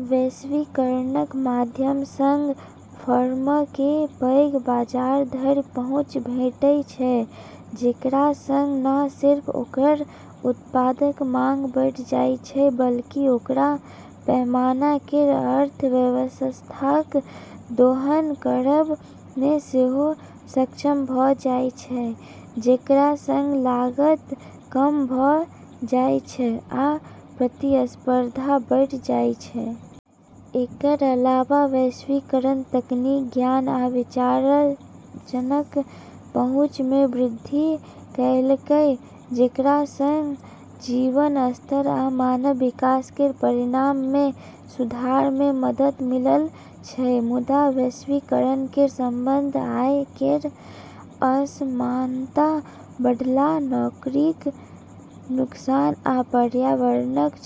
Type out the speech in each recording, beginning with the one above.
वैश्वीकरणक माध्यम सं फर्मकें पैघ बाजार धरि पहुँच भेटै छै, जेकरा सं न सिर्फ ओकर उत्पादक मांग बढ़ि जाइ छै बल्कि ओकरा पैमाना केर अर्थव्यवस्थाक दोहन करब मे सेहो सक्षम भऽ जाइ छै, जेकरा सं लागत कम भऽ जाइ छै आ प्रतिस्पर्धा बढ़ि जाइ छै। एकर अलावा वैश्वीकरण तकनीक, ज्ञान आ विचारजनक पहुँच मे वृद्धि कएलकै, जेकरा सं जीवन स्तर आ मानव विकास केर परिणाम मे सुधार मे मदद मिलल छै। मुदा वैश्वीकरण केर संबंध आय केर असमानता बढ़ला, नौकरीक नुकसान, आ पर्यावरणक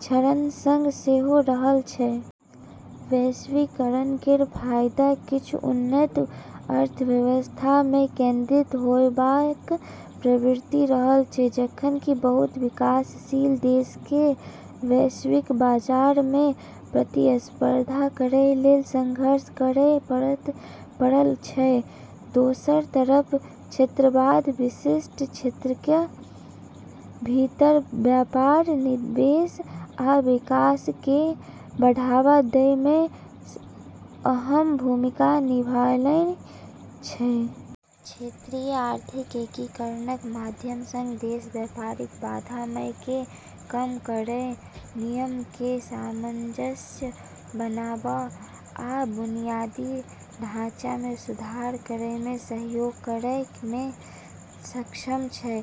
क्षरण सं सेहो रहल छै। वैश्वीकरण केर फायदा किछु उन्नत अर्थव्यवस्था मे केंद्रित होयबाक प्रवृत्ति रहल छै, जखन कि बहुत विकासशील देशकें वैश्विक बाजार मे प्रतिस्पर्धा करै लेल संघर्ष करय पड़ल छै। दोसर तरफ क्षेत्रवाद विशिष्ट क्षेत्रक भीतर व्यापार, निवेश, आ विकासकें बढ़ावा दै मे अहम् भूमिका निभैलनए छै। क्षेत्रीय आर्थिक एकीकरणक माध्यम सं देश व्यापारिक बाधामय कें कम करय, नियमकें सामंजस्य बनावा, आ बुनियादी ढाँचा मे सुधार करय मे सहयोग करय मे सक्षम छै।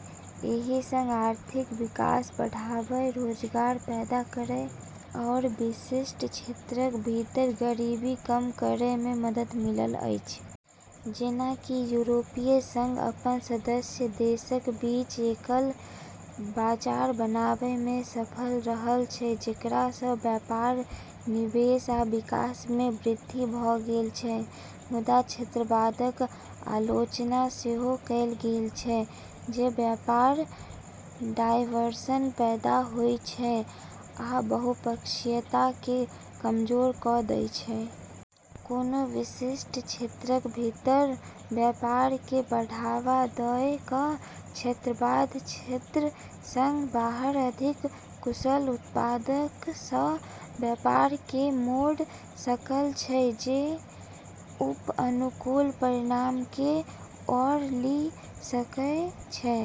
एहि सं आर्थिक विकास बढ़ाबय, रोजगार पैदा करय आओर विशिष्ट क्षेत्रक भीतर गरीबी कम करय मे मदद मिलल अछि। जेना कि यूरोपीय संघ (ईयू) अपन सदस्य देशक बीच एकल बाजार बनाबै मे सफल रहल छै, जेकरा स व्यापार, निवेश आ विकास मे वृद्धि भऽ गेल छै। मुदा क्षेत्रवादक आलोचना सेहो कएल गेल छै जे व्यापार डायवर्सन पैदा होइ छै आ बहुपक्षीयताकें कमजोर कऽ दै छै। कोनो विशिष्ट क्षेत्रक भीतर व्यापारकें बढ़ावा दय कऽ क्षेत्रवाद क्षेत्र सं बाहर अधिक कुशल उत्पादकस व्यापारकें मोड़ सकय छै जे उप-अनुकूल परिणामकें ओर लेि सकय छै।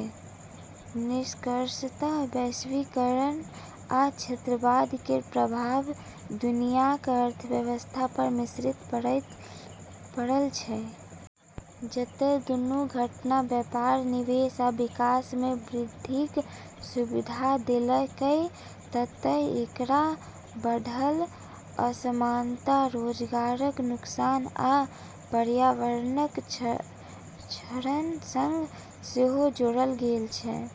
निष्कर्षतः वैश्वीकरण आ क्षेत्रवाद केर प्रभाव दुनियाक अर्थव्यवस्था पर मिश्रित पड़ल छै। जतय दूनू घटना व्यापार, निवेश आ विकास मे वृद्धिक सुविधा देलकै, ततय एकरा बढ़ल असमानता, रोजगारक नुकसान, आ पर्यावरणक क्षरण सं सेहो जोड़ल गेल छै।